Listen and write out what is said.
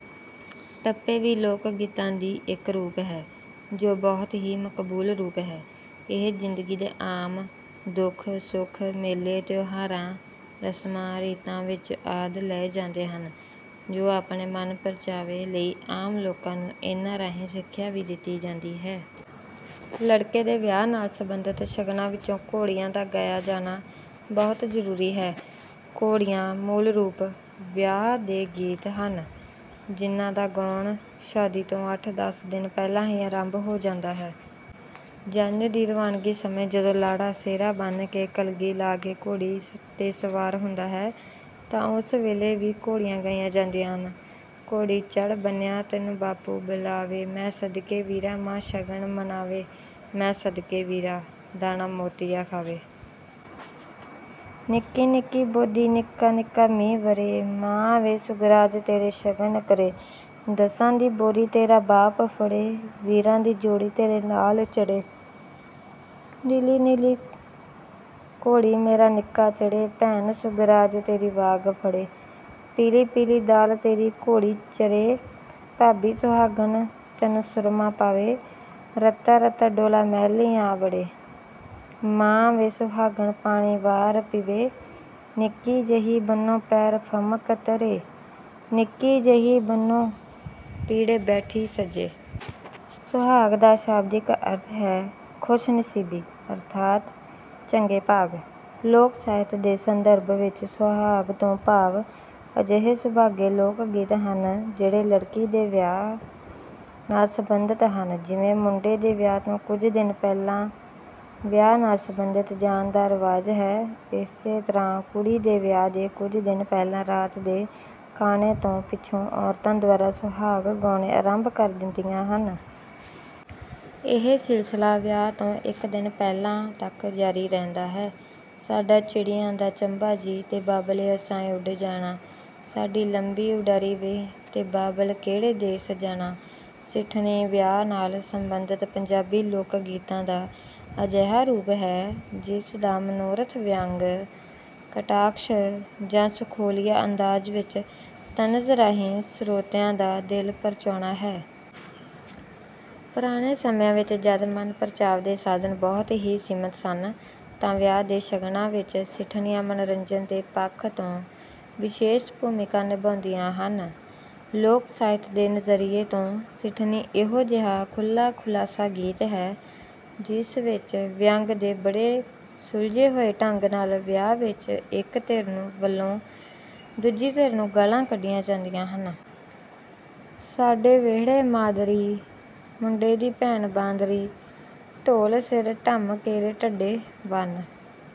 ਟੱਪੇ ਵੀ ਲੋਕ ਗੀਤਾਂ ਦੀ ਇੱਕ ਰੂਪ ਹੈ ,ਜੋ ਬਹੁਤ ਹੀ ਮਕਬੂਲ ਰੂਪ ਹੈ। ਇਹ ਜ਼ਿੰਦਗੀ ਦੇ ਆਮ ਦੁੱਖ- ਸੁੱਖ ਮੇਲੇ, ਤਿਓਹਾਰਾਂ, ਰਸਮਾਂ ਰੀਤਾਂ ਵਿੱਚ ਆਦਿ ਲਏ ਜਾਂਦੇ ਹਨ ਜੋ ਆਪਣੇ ਮਨ-ਪੰਚਾਵੇ ਲਈ ਆਮ ਲੋਕਾਂ ਨੂੰ ਇਹਨਾਂ ਰਾਹੀਂ ਸਿੱਖਿਆ ਵੀ ਦਿੱਤੀ ਜਾਂਦੀ ਹੈ। ਲੜਕੇ ਦੇ ਵਿਆਹ ਨਾਲ਼ ਸੰਬੰਧਿਤ ਸ਼ਗਨਾਂ ਵਿੱਚੋਂ ਘੋੜੀਆਂ ਦਾ ਗਾਇਆ ਜਾਣਾ ਬਹੁਤ ਜ਼ਰੂਰੀ ਹੈ। ਘੋੜੀਆਂ ਮੂਲ ਰੂਪ 'ਵਿਆਹ ਦੇ ਗੀਤ' ਹਨ, ਜਿਨ੍ਹਾਂ ਦਾ ਗਾਉਣ ਸ਼ਾਦੀ ਤੋਂ ਅੱਠ ਦਸ ਦਿਨ ਪਹਿਲਾਂ ਹੀ ਆਰੰਭ ਹੋ ਜਾਂਦਾ ਹੈ। ਜੰਞ ਦੀ ਰਵਾਨਗੀ ਸਮੇਂ ਜਦੋਂ ਲਾੜਾ ਸਿਹਰਾ ਬੰਨ ਕੇ, ਕਲਗੀ ਲਾ ਕੇ ਘੋੜੀ ਤੇ ਸਵਾਰ ਹੁੰਦਾ ਹੈ। ਤਾਂ ਉਸ ਵੇਲੇ ਵੀ ਘੋੜੀਆਂ ਗਾਈਆ ਜਾਦੀਆਂ ਹਨ। ਘੋੜੀ ਚੜ੍ਹ ਬੰਨਿਆ ਤੈਨੂੰ ਬਾਪੂ ਬੁਲਾਵੇ ਮੈ ਸਦਕੇ ਵੀਰਾ ਮਾਂ ਸ਼ਗਨ ਮਨਾਵੇਮੈਂ ਸਦਕੇ ਵੀਰਾ, ਦਾਣਾ ਮੋਤੀਆਂ ਖਾਵੇ। ਨਿੱਕੀ ਨਿੱਕੀ ਬੋਂਦੀ ਨਿੱਕਾ-ਨਿੱਕਾ ਮੀਂਹ ਵਰੇ, ਮਾਂ ਵੇ ਸੁਗਰਾਜ ਤੇਰੇ ਸ਼ਗਨ ਕਰੇ, ਦਸਾਂ ਦੀ ਬੋਰੀ ਤੇਰਾ ਬਾਪ ਫੜੇ, ਵੀਰਾਂ ਦੀ ਜ਼ੋੜੀ ਤੇਰੇ ਨਾਲ ਚੜ੍ਹੇ, ਨੀਲੀ ਨੀਲੀ ਘੋੜੀ ਮੇਰਾ ਨਿੱਕਾਂ ਚੜ੍ਹੇ, ਭੈਣ ਸੁਹਾਰਾਜ ਤੇਰੀ ਵਾਂਗ ਫੜੇ, ਪੀਲ਼ੀ ਪੀਲ਼ੀ ਦਾਲ਼ ਤੇਰੀ ਘੋੜੀ ਚਰੇ, ਭਾਬੀ ਸਹਾਗਨ ਤੈਨੂੰ ਸੁਰਮਾ ਪਾਵੇ, ਰੱਤਾ-ਰੱਤਾ ਡੋਲਾ ਮਹਿਲੀ ਆ ਵੜੇ, ਮਾਂ ਵੇ ਸੁਹਾਗਨ ਪਾਣੀ ਵਾਰ ਪੀਵੇ, ਨਿੱਕੀ ਜੇਹੀ ਬੰਨੋ ਪੈਰ ਫਮਕ ਧਰੇ, ਨਿੱਕੀ ਜੇਹੀ ਬੰਨੋ ਪੀੜ੍ਹੇ ਬੈਠੀ ਸੱਜੇ। ਸੁਹਾਗ ਦਾ ਸ਼ਬਦਿਕ ਅਰਥ ਹੈ, 'ਖ਼ੁਸ਼-ਨਸੀਬੀ ਅਰਥਾਤ ਚੰਗੇ ਭਾਗ। ਲੋਕ ਸਾਹਿਤ ਦੇ ਸੰਦਰਭ ਵਿੱਚ ਸੁਹਾਗ ਤੋਂ ਭਾਵ ਅਜਿਹੇ ਸੁਭਾਗੇ ਲੋਕ ਗੀਤ ਹਨ, ਜਿਹੜੇ ਲੜਕੀ ਦੇ ਵਿਆਹ ਨਾਲ਼ ਸੰਬੰਧਿਤ ਹਨ। ਜਿਵੇਂ ਮੁੰਡੇ ਦੇ ਵਿਆਹ ਤੋਂ ਕੁਝ ਦਿਨ ਪਹਿਲਾਂ ਵਿਆਹ ਨਾਲ਼ ਸੰਬੰਧਿਤ ਜਾਣ ਦਾ ਰਿਵਾਜ਼ ਹੈ, ਇਸੇ ਤਰ੍ਹਾਂ ਕੁੜੀ ਦੇ ਵਿਆਹ ਦੇ ਕੁਝ ਦਿਨ ਪਹਿਲਾਂ ਰਾਤ ਦੇ ਖਾਣੇ ਤੋਂ ਪਿੱਛੋ ਔਰਤਾ ਦੁਆਰਾ 'ਸੁਹਾਗ' ਗਾਉਣੇ ਆਰੰਭ ਕਰ ਦਿੰਦੀਆਂ ਹਨ। ਇਹ ਸਿਲਸਿਲਾ ਵਿਆਹ ਤੋਂ ਇੱਕ ਦਿਨ ਪਹਿਲਾਂ ਤਕ ਜਾਰੀ ਰਹਿੰਦਾ ਹੈ। ਸਾਡਾ ਚਿੜੀਆਂ ਦਾ ਚੰਬਾ ਜੀ ਤੇ ਬਾਬਲ ਅਸਾਂ ਉੱਡ ਜਾਣਾ, ਸਾਡੀ ਲੰਬੀ ਉਡਾਰੀ ਵੇ। ਤੇ ਬਾਬਲ ਕਿਹੜੇ ਦੇਸ਼ ਜਾਣਾ। ਸਿੱਠਣੀ, ਵਿਆਹ ਨਾਲ਼ ਸੰਬੰਧਿਤ ਪੰਜਾਬੀ ਲੋਕ ਗੀਤਾਂ ਦਾ ਅਜਿਹਾ ਰੂਪ ਹੈ, ਜਿਸ ਦਾ ਮਨੋਰਥ ਵਿਅੰਗ, ਕਟਾਖਸ਼ ਜਾਂ ਸਖੋਲੀਆ ਅੰਦਾਜ਼ ਵਿੱਚ ਤਨਜ਼ ਰਾਹੀਂ ਸਰੋਤਿਆ ਦਾ ਦਿਲ ਪ੍ਰਚਾਉਣਾ ਹੈ। ਪੁਰਾਣੇ ਸਮਿਆਂ ਵਿੱਚ ਜਦ ਮਨ ਪ੍ਰਚਾਵ ਦੇ ਸਾਧਨ ਬਹੁਤ ਹੀ ਸੀਮਿਤ ਸਨ ,ਤਾਂ ਵਿਆਹ ਦੇ ਸ਼ਗਨਾਂ ਵਿੱਚ ਸਿੱਠਣੀਆ ਮਨੋਰੰਜਨ ਦੇ ਪੱਖ ਤੋਂ ਵਿਸ਼ੇਸ਼ ਭੁਮਿਕਾ ਨਿਭਾੳਂਦੀਆਂ ਹਨ। ਲੋਕ ਸਾਹਿਤ ਦੇ ਨਜ਼ਰੀਏ ਤੋਂ ਸਿੱਠਣੀ ਇਹੋ ਜਿਹਾ ਖੁਲ੍ਹਾ-ਖਲਾਸਾ ਗੀਤ ਹੈ, ਜਿਸ ਵਿੱਚ ਵਿਅੰਗ ਤੇ ਬੜੇ ਸੁਲਝੇ ਹੋਏ ਢੰਗ ਨਾਲ਼ ਵਿਆਹ ਵਿੱਚ ਇੱਕ ਧਿਰ ਨੂੰ ਵੱਲੋਂ ਦੂਜੀ ਧਿਰ ਨੂੰ ਗਾਲ਼੍ਹਾਂ ਕੱਢਿਆਂ ਜਾਦੀਆਂ ਹਨ। ਸਾਡੇ ਵਿਹੜੇ ਮਾਦਰੀ, ਮੁੰਡੇ ਦੀ ਭੈਣ ਬਾਂਦਰੀ, ਢੋਲ ਸਿਰ ਢਮ ਕੇਰੇ ਢੱਡੇ, ਵੰਨ